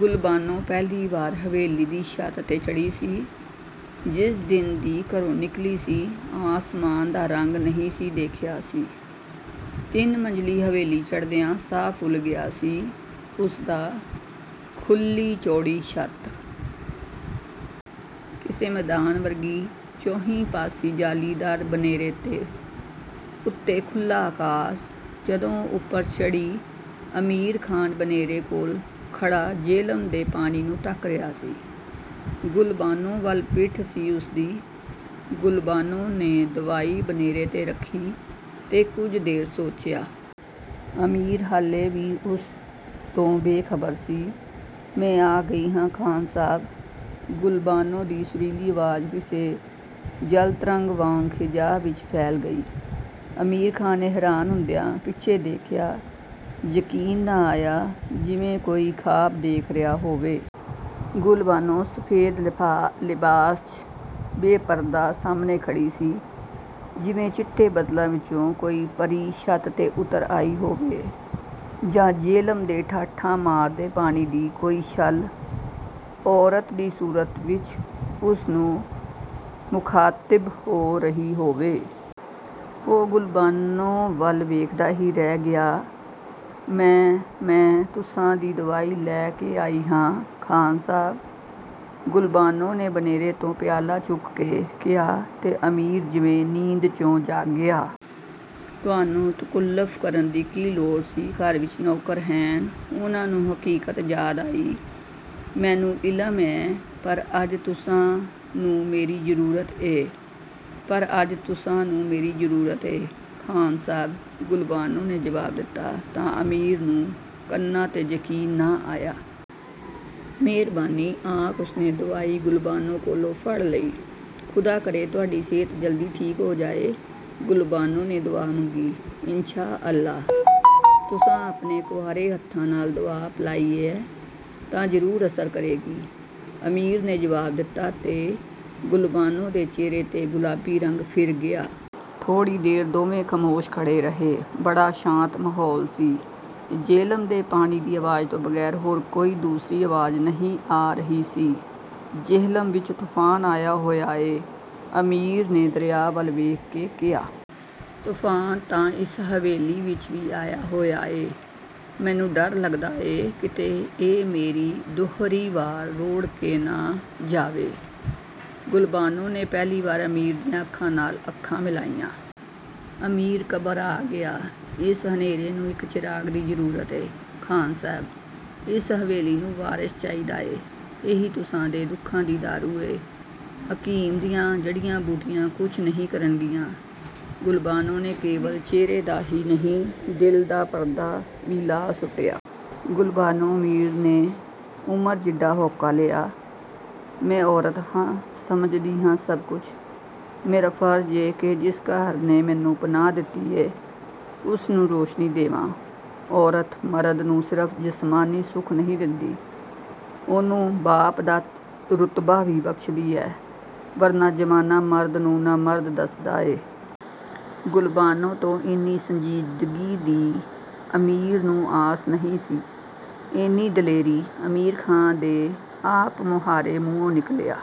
ਗੁਲਬਾਨੋ ਪਹਿਲੀ ਵਾਰ ਹਵੇਲੀ ਦੀ ਛੱਤ ਤੇ ਚੜ੍ਹੀ ਸੀ। ਜਿਸ ਦਿਨ ਦੀ ਘਰੋ ਨਿਕਲੀ ਸੀ, ਆਸਮਾਨ ਦਾ ਰੰਗ ਨਹੀ ਸੀ ਦੇਖਿਆ ਸੀ। ਤਿੰਨ ਮੰਜ਼ਲੀ ਹਵੇਲੀ ਚੜ੍ਹਦਿਆਂ ਸਾਹ ਫੁਲ ਗਿਆ ਸੀ ਉਸਦਾ। ਖੁੱਲ੍ਹੀ ਚੌੜੀ ਛੱਤ.. ਕਿਸੇ ਮੈਦਾਨ ਵਰਗੀ, ਚੌਂਹੀ ਪਾਸੀ ਜਾਲੀਦਾਰ ਬਨੇਰੇ ਤੇ ਉਤੇ ਖੁੱਲ੍ਹਾ ਆਕਾਸ਼। ਜਦੋਂ ਉਹ ਉਪਰ ਚੜ੍ਹੀ ਅਮੀਰ ਖਾਨ ਬਨੇਰੇ ਕੋਲ ਖੜ੍ਹਾ ਜਿਹਲਮ ਦੇ ਪਾਣੀ ਨੂੰ ਤੱਕ ਰਿਹਾ ਸੀ। ਗੁਲਬਾਨੋ ਵਲ ਪਿੱਠ ਸੀ ਉਸਦੀ। ਗੁਲਬਾਨੋ ਨੇ ਦਵਾਈ ਬਨੇਰੇ ਤੇ ਰੱਖੀ ਤੇ ਕੁਝ ਦੇਰ ਸੋਚਿਆ। ਅਮੀਰ ਹਾਲੇ ਵੀ ਉਸ ਤੋਂ ਬੇਖਬਰ ਸੀ। "ਮੈਂ ਆ ਗਈ ਹਾਂ ਖ਼ਾਨ ਸਾਹਬ "… ਗੁਲਬਾਨੋ ਦੀ ਸੁਰੀਲੀ ਆਵਾਜ਼ ਕਿਸੇ ਜਲਤਰੰਗ ਵਾਂਗ ਖਿਜ਼ਾ ਵਿੱਚ ਫੈਲ ਗਈ। ਅਮੀਰ ਖ਼ਾਨ ਨੇ ਹੈਰਾਨ ਹੁੰਦਿਆਂ ਪਿੱਛੇ ਦੇਖਿਆ, ਯਕੀਨ ਨਾ ਆਇਆ ਜਿਵੇਂ ਕੋਈ ਖ਼ਾਬ ਦੇਖ ਰਿਹਾ ਹੋਵੇ। ਗੁਲਬਾਨੋ ਸਫੇਦ ਲਿਬਾਸ, ਚ' ਬੇਪਰਦਾ ਸਾਹਮਣੇ ਖੜ੍ਹੀ ਸੀ। ਜਿਵੇ ਚਿੱਟੇ ਬੱਦਲਾਂ ਵਿਚੋਂ ਕੋਈ ਪਰੀ ਛੱਤ 'ਤੇ ਉਤਰ ਆਈ ਹੋਵੇ ਜਾਂ ਜਿਹਲਮ ਦੇ ਠਾਠਾਂ ਮਾਰਦੇ ਪਾਣੀ ਦੀ ਕੋਈ ਛੱਲ ਔਰਤ ਦੀ ਸੂਰਤ ਵਿੱਚ ਉਸਨੂੰ ਮੁਖ਼ਾਤਿਬ ਹੋ ਰਹੀ ਹੋਵੇ। ਉਹ ਗੁਲਬਾਨੋ ਵੱਲ ਵੇਖਦਾ ਹੀ ਰਹਿ ਗਿਆ। "ਮੈਂ… ਮੈਂ.. ਤੁਸਾਂ ਦੀ ਦਵਾਈ ਲੈ ਕੇ ਆਈ ਹਾਂ… ਖਾਨ ਸਾਹਬ "…… ਗੁਲਬਾਨੋ ਨੇ ਬਨੇਰੇ ਤੋਂ ਪਿਆਲਾ ਚੁੱਕ ਕੇ ਕਿਹਾ ਤੇ ਅਮੀਰ ਜਿਵੇਂ ਨੀਂਦ, ਚੋਂ ਜਾਗਿਆ। ਤੁਹਾਨੂੰ ਤਕੁੱਲਫ ਕਰਨ ਦੀ ਕੀ ਲੋੜ ਸੀ, ਘਰ ਵਿੱਚ ਨੌਕਰ ਹੈਨ ".. ਉਹਨੂੰ ਹਕੀਕਤ ਯਾਦ ਆਈ। "ਮੈਨੂੰ ਇਲਮ ਏਂ ".. ਪਰ ਅੱਜ ਤੁਸਾਂ ਨੂੰ ਮੇਰੀ ਜਰੂਰਤ ਏ..! ਪਰ ਅੱਜ ਤੁਸਾਂ ਨੂੰ ਮੇਰੀ ਜ਼ਰੂਰਤ ਏਂ ਖ਼ਾਨ ਸਾਹਬ"ਗੁਲਬਾਨੋ ਨੇ ਜਵਾਬ ਦਿਤਾ ਤਾਂ, ਅਮੀਰ ਨੂੰ ਕੰਨਾਂ ਤੇ ਯਕੀਨ ਨਾ ਆਇਆ। "ਮਿਹਰਬਾਨੀ "… ਆਖ ਉਸਨੇ ਦੀਵਾਈ ਗੁਲਬਾਨੋ ਕੋਲੋ ਫੜ ਲਈ। "ਖੁਦਾ ਕਰੇ ਤੁਹਾਡੀ ਸਿਹਤ ਜਲਦੀ ਠੀਕ ਹੋ ਜਾਏ".. ਗੁਲਬਾਨੋ ਨੇ ਦੁਆ ਮੰਗੀ। "ਇੰਸ਼ਾ ਅੱਲਾਹ! ਤੁਸਾਂ ਆਪਣੇ ਕੁਆਰੇ ਹੱਥਾਂ ਨਾਲ ਦਵਾ ਪਿਲਾਈ ਏਂ ਤਾਂ ਜਰੂਰ ਅਸਰ ਕਰੇਗੀ "… ਅਮੀਰ ਨੇ ਜਵਾਬ ਦਿਤਾ ਤੇ ਗੁਲਬਾਨੋ ਦੇ ਚਿਹਰੇ 'ਤੇ ਗੁਲਾਬੀ ਰੰਗ ਫਿਰ ਗਿਆ। ਥੋੜ੍ਹੀ ਦੇਰ ਦੋਵੇਂ ਖਾਮੋਸ਼ ਖੜ੍ਹੇ ਰਹੇ। ਬੜਾ ਸ਼ਾਤ ਮਾਹੌਲ ਸੀ। ਜਿਹਲਮ ਦੇ ਪਾਣੀ ਦੀ ਅਵਾਜ਼ ਤੋਂ ਬਗੈਰ ਹੋਰ ਕੋਈ ਦੂਸਰੀ ਆਵਾਜ਼ ਨਹੀ ਆ ਰਹੀ ਸੀ। "ਜੇਹਲਮ ਵਿੱਚ ਤੂਫਾਨ ਆਇਆ ਹੋਇਆ ਏ… "ਅਮੀਰ ਨੇ ਦਰਿਆ ਵੱਲ ਵੇਖ ਕੇ ਕਿਹਾ। "ਤੂਫਾਨ ਤਾਂ ਇਸ ਹਵੇਲੀ ਵਿੱਚ ਵੀ ਆਇਆ ਹੋਇਆ ਏ "… ਮੈਨੂੰ ਡਰ ਲੱਗਦਾ ਏ ਕਿਤੇ ਇਹ ਮੇਰੀ ਦੂਹਰੀ ਵਾਰ ਰੋੜ੍ਹ ਕੇ ਨਾ ਜਾਵੇ "… ਗੁਲਬਾਨੋ ਨੇ ਪਹਿਲੀ ਵਾਰ ਅਮੀਰ ਦੀਆ ਅੱਖਾਂ ਨਾਲ ਅੱਖਾਂ ਮਿਲਾਈਆਂ। ਅਮੀਰ ਘਬਰਾ ਗਿਆਂ "…. "ਇਸ ਹਨੇਰੇ ਨੂੰ ਇਕ ਚਿਰਾਗ ਦੀ ਜਰੂਰਤ ਏ ਖਾਨ ਸਾਹਿਬ..! ਇਸ ਹਵੇਲੀ ਨੂੰ ਵਾਰਿਸ ਚਾਹੀਦਾ ਏ….! ਇਹੀ ਤੁਸਾਂ ਦੇ ਦੁੱਖਾ ਦੀ ਦਾਰੂ ਏ "… ਹਕੀਮ ਦੀਆਂ ਜੜ੍ਹੀਆ-ਬੂਟੀਆਂ ਕੁਛ ਨਹੀ ਕਰਨਗੀਆਂ… ਗੁਲਬਾਨੋ ਨੇ ਕੇਵਲ ਚਿਹਰੇ ਦਾ ਹੀ ਨਹੀਂ, ਦਿਲ ਦਾ ਪਰਦਾ ਵੀ ਲਾਹ ਸੁੱਟਿਆ.. "ਗੁਲਬਾਨੋ "… ਅਮੀਰ ਨੇ ਉਮਰ ਜਿੱਡਾ ਹਉਕਾ ਲਿਆ…. "ਮੈਂ ਔਰਤ ਹਾਂ "… ਸਮਝਦੀ ਹਾਂ ਸੱਭ ਕੁਛ…. ਮੇਰਾ ਫਰਜ਼ ਏ ਕਿ ਜਿਸ ਘਰ ਨੇ ਮੈਨੂੰ ਪਨਾਹ ਦਿਤੀ ਏ ਉਸ ਨੂੰ ਰੋਸ਼ਨੀ ਦੇਵਾਂ… ਔਰਤ, ਮਰਦ ਨੂੰ ਸਿਰਫ ਜਿਸਮਾਨੀ ਸੁੱਖ ਨਹੀ ਦਿੰਦੀ, ਉਹਨੂੰ ਬਾਪ ਦਾ ਰੁਤਬਾ ਵੀ ਬਖਸ਼ਦੀ ਏ, ਵਰਨਾ ਜ਼ਮਾਨਾ ਮਰਦ ਨੂੰ "ਨ-ਮਰਦ"ਦੱਸਦਾ ਏ "!! ਗੁਲਬਾਨੋ ਤੋਂ ਇੰਨੀ ਸੰਜੀਦਗੀ ਦੀ ਅਮੀਰ ਨੂੰ ਆਸ ਨਹੀ ਸੀ। "ਏਨੀ ਦਲੇਰੀ "!!! ਅਮੀਰ ਖ਼ਾਨ ਦੇ ਆਪ ਮੁਹਾਰੇ ਮੂੰਹੋਂ ਨਿਕਲਿਆਂ…